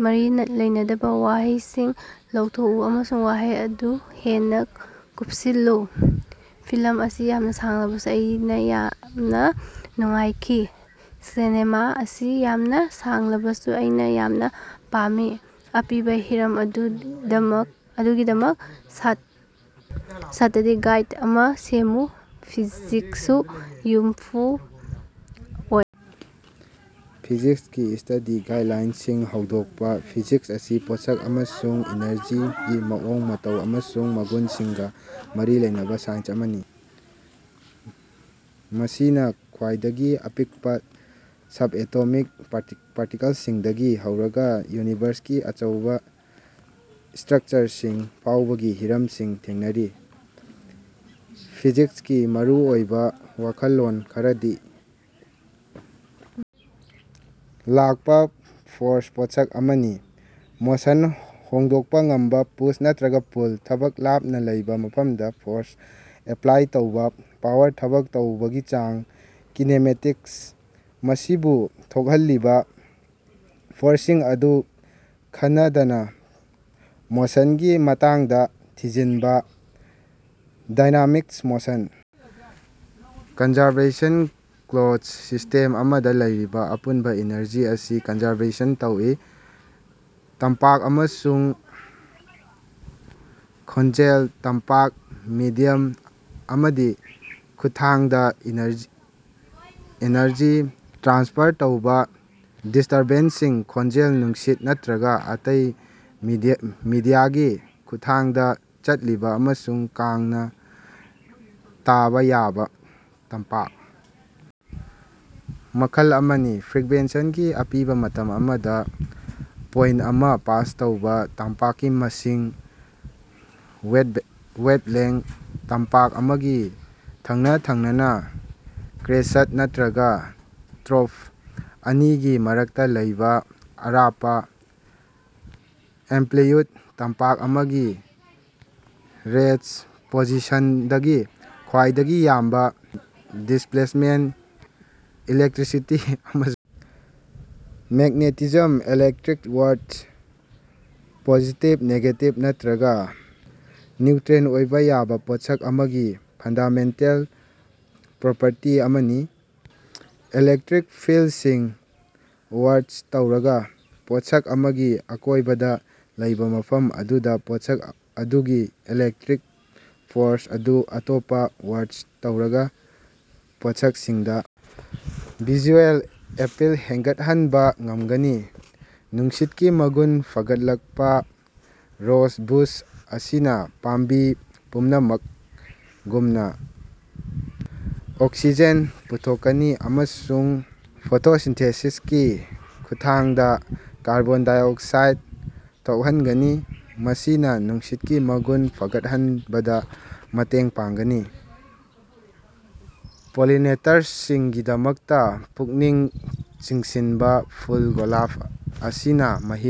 ꯃꯔꯤ ꯂꯩꯅꯗꯕ ꯋꯥꯍꯩꯁꯤꯡ ꯂꯧꯊꯣꯛꯎ ꯑꯃꯁꯨꯡ ꯋꯥꯍꯩ ꯑꯗꯨ ꯍꯦꯟꯅ ꯀꯨꯞꯁꯤꯜꯂꯨ꯫ ꯐꯤꯂꯝ ꯑꯁꯤ ꯌꯥꯝꯅ ꯁꯥꯡꯂꯕꯁꯨ ꯑꯩꯅ ꯌꯥꯝꯅ ꯅꯨꯡꯉꯥꯏꯈꯤ꯫ ꯁꯤꯅꯦꯃꯥ ꯑꯁꯤ ꯌꯥꯝꯅ ꯁꯥꯡꯂꯕꯁꯨ ꯑꯩꯅ ꯌꯥꯝꯅ ꯄꯥꯝꯃꯤ꯫ ꯑꯄꯤꯕ ꯍꯤꯔꯝ ꯑꯗꯨ ꯑꯗꯨꯒꯤꯗꯃꯛ ꯁꯥ ꯁ꯭ꯇꯗꯤ ꯒꯥꯏꯗ ꯑꯃ ꯁꯦꯝꯃꯨ꯫ ꯐꯤꯖꯤꯛꯁꯇ ꯌꯨꯝꯐꯝ ꯑꯣꯏꯕ꯫ ꯐꯤꯖꯤꯛꯁꯀꯤ ꯁ꯭ꯇꯗꯤ ꯒꯥꯏꯗꯂꯥꯏꯟꯁꯤꯡ ꯍꯧꯗꯣꯛꯄ: ꯐꯤꯖꯤꯛꯁ ꯑꯁꯤ ꯄꯣꯠꯁꯛ ꯑꯃꯁꯨꯡ ꯏꯅꯔꯖꯤꯒꯤ ꯃꯑꯣꯡ ꯃꯇꯧ ꯑꯃꯁꯨꯡ ꯃꯒꯨꯟꯁꯤꯡꯒ ꯃꯔꯤ ꯂꯩꯅꯕ ꯁꯥꯏꯟꯁ ꯑꯃꯅꯤ꯫ ꯃꯁꯤꯅ ꯈ꯭ꯋꯥꯏꯗꯒꯤ ꯑꯄꯤꯛꯄ ꯁꯕꯑꯦꯇꯣꯃꯤꯛ ꯄꯥꯔꯇꯤꯀꯜꯁꯤꯡꯗꯒꯤ ꯍꯧꯔꯒ ꯌꯨꯅꯤꯚꯔꯁꯀꯤ ꯑꯆꯧꯕ ꯁ꯭ꯇ꯭ꯔꯛꯆꯔꯁꯤꯡ ꯐꯥꯎꯕꯒꯤ ꯍꯤꯔꯝꯁꯤꯡ ꯊꯦꯡꯅꯔꯤ꯫ ꯐꯤꯖꯤꯛꯁꯀꯤ ꯃꯔꯨꯑꯣꯏꯕ ꯋꯥꯈꯜꯂꯣꯟ ꯈꯔꯗꯤ ꯂꯥꯛꯄ ꯫ ꯐꯣꯔꯁ: ꯄꯣꯠꯁꯛ ꯑꯃꯒꯤ ꯃꯣꯁꯟ ꯍꯣꯡꯗꯣꯛꯄ ꯉꯝꯕ ꯄꯨꯁ ꯅꯠꯇ꯭ꯔꯒ ꯄꯨꯜ꯫ ꯊꯕꯛ: ꯂꯥꯞꯅ ꯂꯩꯕ ꯃꯐꯝꯗ ꯐꯣꯔꯁ ꯑꯦꯄ꯭ꯂꯥꯏ ꯇꯧꯕ꯫ ꯄꯥꯋꯔ: ꯊꯕꯛ ꯇꯧꯕꯒꯤ ꯆꯥꯡ꯫ ꯀꯤꯅꯦꯃꯦꯇꯤꯛꯁ: ꯃꯁꯤꯕꯨ ꯊꯣꯛꯍꯜꯂꯤꯕ ꯐꯣꯔꯁꯁꯤꯡ ꯑꯗꯨ ꯈꯟꯅꯗꯅ ꯃꯣꯁꯟꯒꯤ ꯃꯇꯥꯡꯗ ꯊꯤꯖꯤꯟꯕ꯫ Dynamics: motion conservation: closed system ꯑꯃꯗ ꯂꯩꯔꯤꯕ ꯑꯄꯨꯟꯕ ꯑꯦꯅꯔꯖꯤ ꯑꯁꯤ ꯀꯟꯖꯔꯕꯦꯁꯟ ꯇꯧꯏ꯫ ꯇꯝꯄꯥꯛ ꯑꯃꯁꯨꯡ ꯈꯣꯟꯖꯦꯜ: ꯇꯝꯄꯥꯛ: ꯃꯦꯗꯤꯌꯝ ꯑꯃꯗꯤ ꯈꯨꯠꯊꯥꯡꯗ ꯏꯅꯔꯖ ꯑꯦꯅꯔꯖꯤ ꯇ꯭ꯔꯥꯟꯁꯐꯔ ꯇꯧꯕ, ꯗꯤꯁꯇꯔꯕꯦꯟꯁꯁꯤꯡ꯫ ꯈꯣꯟꯖꯦꯜ: ꯅꯨꯡꯁꯤꯠ ꯅꯠꯇ꯭ꯔꯒ ꯑꯇꯩ ꯃꯤꯗꯤꯌꯥꯒꯤ ꯈꯨꯠꯊꯥꯡꯗ ꯆꯠꯂꯤꯕ ꯑꯃꯁꯨꯡ ꯀꯥꯡꯅ ꯇꯥꯕ ꯌꯥꯕ ꯇꯝꯄꯥꯛ ꯃꯈꯜ ꯑꯃꯅꯤ꯫ ꯐ꯭ꯔꯤꯛꯕꯦꯟꯁꯤ: ꯑꯄꯤꯕ ꯃꯇꯝ ꯑꯃꯗ ꯄꯣꯏꯟꯇ ꯑꯃ ꯄꯥꯁ ꯇꯧꯕ ꯇꯝꯄꯥꯛꯀꯤ ꯃꯁꯤꯡ꯫ ꯋꯦꯕ ꯋꯦꯕꯂꯦꯡꯊ: ꯇꯝꯄꯥꯛ ꯑꯃꯒꯤ ꯊꯪꯅ-ꯊꯪꯅꯅ ꯀ꯭ꯔꯦꯁꯠ ꯅꯠꯇ꯭ꯔꯒ ꯇ꯭ꯔꯣꯐ ꯑꯅꯤꯒꯤ ꯃꯔꯛꯇ ꯂꯩꯕ ꯑꯔꯥꯞꯄ꯫ ꯑꯦꯝꯄ꯭ꯂꯤꯠꯌꯨꯗ: ꯇꯝꯄꯥꯛ ꯑꯃꯒꯤ ꯔꯦꯁ꯭ꯠ ꯄꯣꯖꯤꯁꯟꯗꯒꯤ ꯈ꯭ꯋꯥꯏꯗꯒꯤ ꯌꯥꯝꯕ ꯗꯤꯁꯄ꯭ꯂꯦꯁꯃꯦꯟꯇ꯫ ꯏꯂꯦꯛꯇ꯭ꯔꯤꯁꯤꯇꯤ ꯑꯃꯁꯨ magnetism: electric charge: positive, negative ꯅꯠꯇ꯭ꯔꯒ ꯅ꯭ꯌꯨꯇ꯭ꯔꯦꯟꯇ ꯑꯣꯏꯕ ꯌꯥꯕ ꯄꯣꯠꯁꯛ ꯑꯃꯒꯤ ꯐꯟꯗꯥꯃꯦꯟꯇꯦꯜ ꯄ꯭ꯔꯣꯄꯔꯇꯤ ꯑꯃꯅꯤ꯫ ꯏꯂꯦꯛꯇ꯭ꯔꯤꯛ ꯐꯤꯜꯗꯁꯤꯡ: ꯋꯥꯔꯖ ꯇꯧꯔꯒ ꯄꯣꯠꯁꯛ ꯑꯃꯒꯤ ꯑꯀꯣꯏꯕꯗ ꯂꯩꯕ ꯃꯐꯝ ꯑꯗꯨꯗ ꯄꯣꯠꯁꯛ ꯑꯗꯨꯒꯤ ꯏꯂꯦꯛꯇ꯭ꯔꯤꯛ ꯐꯣꯔꯁ ꯑꯗꯨ ꯑꯇꯣꯞꯄ ꯋꯥꯔꯖ ꯇꯧꯔꯕ ꯄꯣꯠꯁꯛꯁꯤꯡꯗ ꯚꯤꯖꯨꯑꯦꯜ ꯑꯦꯄꯤꯜ ꯍꯦꯟꯒꯠꯍꯟꯕ ꯉꯝꯒꯅꯤ꯫ ꯅꯨꯡꯁꯤꯠꯀꯤ ꯃꯒꯨꯟ ꯐꯒꯠꯂꯛꯄ: ꯔꯣꯖ ꯕꯨꯁ ꯑꯁꯤꯅ ꯄꯥꯝꯕꯤ ꯄꯨꯝꯅꯃꯛꯒꯨꯝꯅ ꯑꯣꯛꯁꯤꯖꯦꯟ ꯄꯨꯊꯣꯛꯀꯅꯤ ꯑꯃꯁꯨꯡ ꯐꯣꯇꯣꯁꯤꯟꯊꯦꯁꯤꯁꯀꯤ ꯈꯨꯠꯊꯥꯡꯗ ꯀꯥꯔꯕꯣꯟ ꯗꯥꯏꯑꯣꯛꯁꯥꯏꯗ ꯊꯣꯛꯍꯟꯒꯅꯤ, ꯃꯁꯤꯅ ꯅꯨꯡꯁꯤꯠꯀꯤ ꯃꯒꯨꯟ ꯐꯒꯠꯍꯟꯕꯗ ꯃꯇꯦꯡ ꯄꯥꯡꯒꯅꯤ꯫ ꯄꯣꯂꯤꯅꯦꯇꯔꯁꯤꯡꯒꯤꯗꯃꯛꯇ ꯄꯨꯛꯅꯤꯡ ꯆꯤꯡꯁꯤꯟꯕ: ꯐꯨꯜ ꯒꯣꯂꯥꯞ ꯑꯁꯤꯅ ꯃꯍꯤꯛ,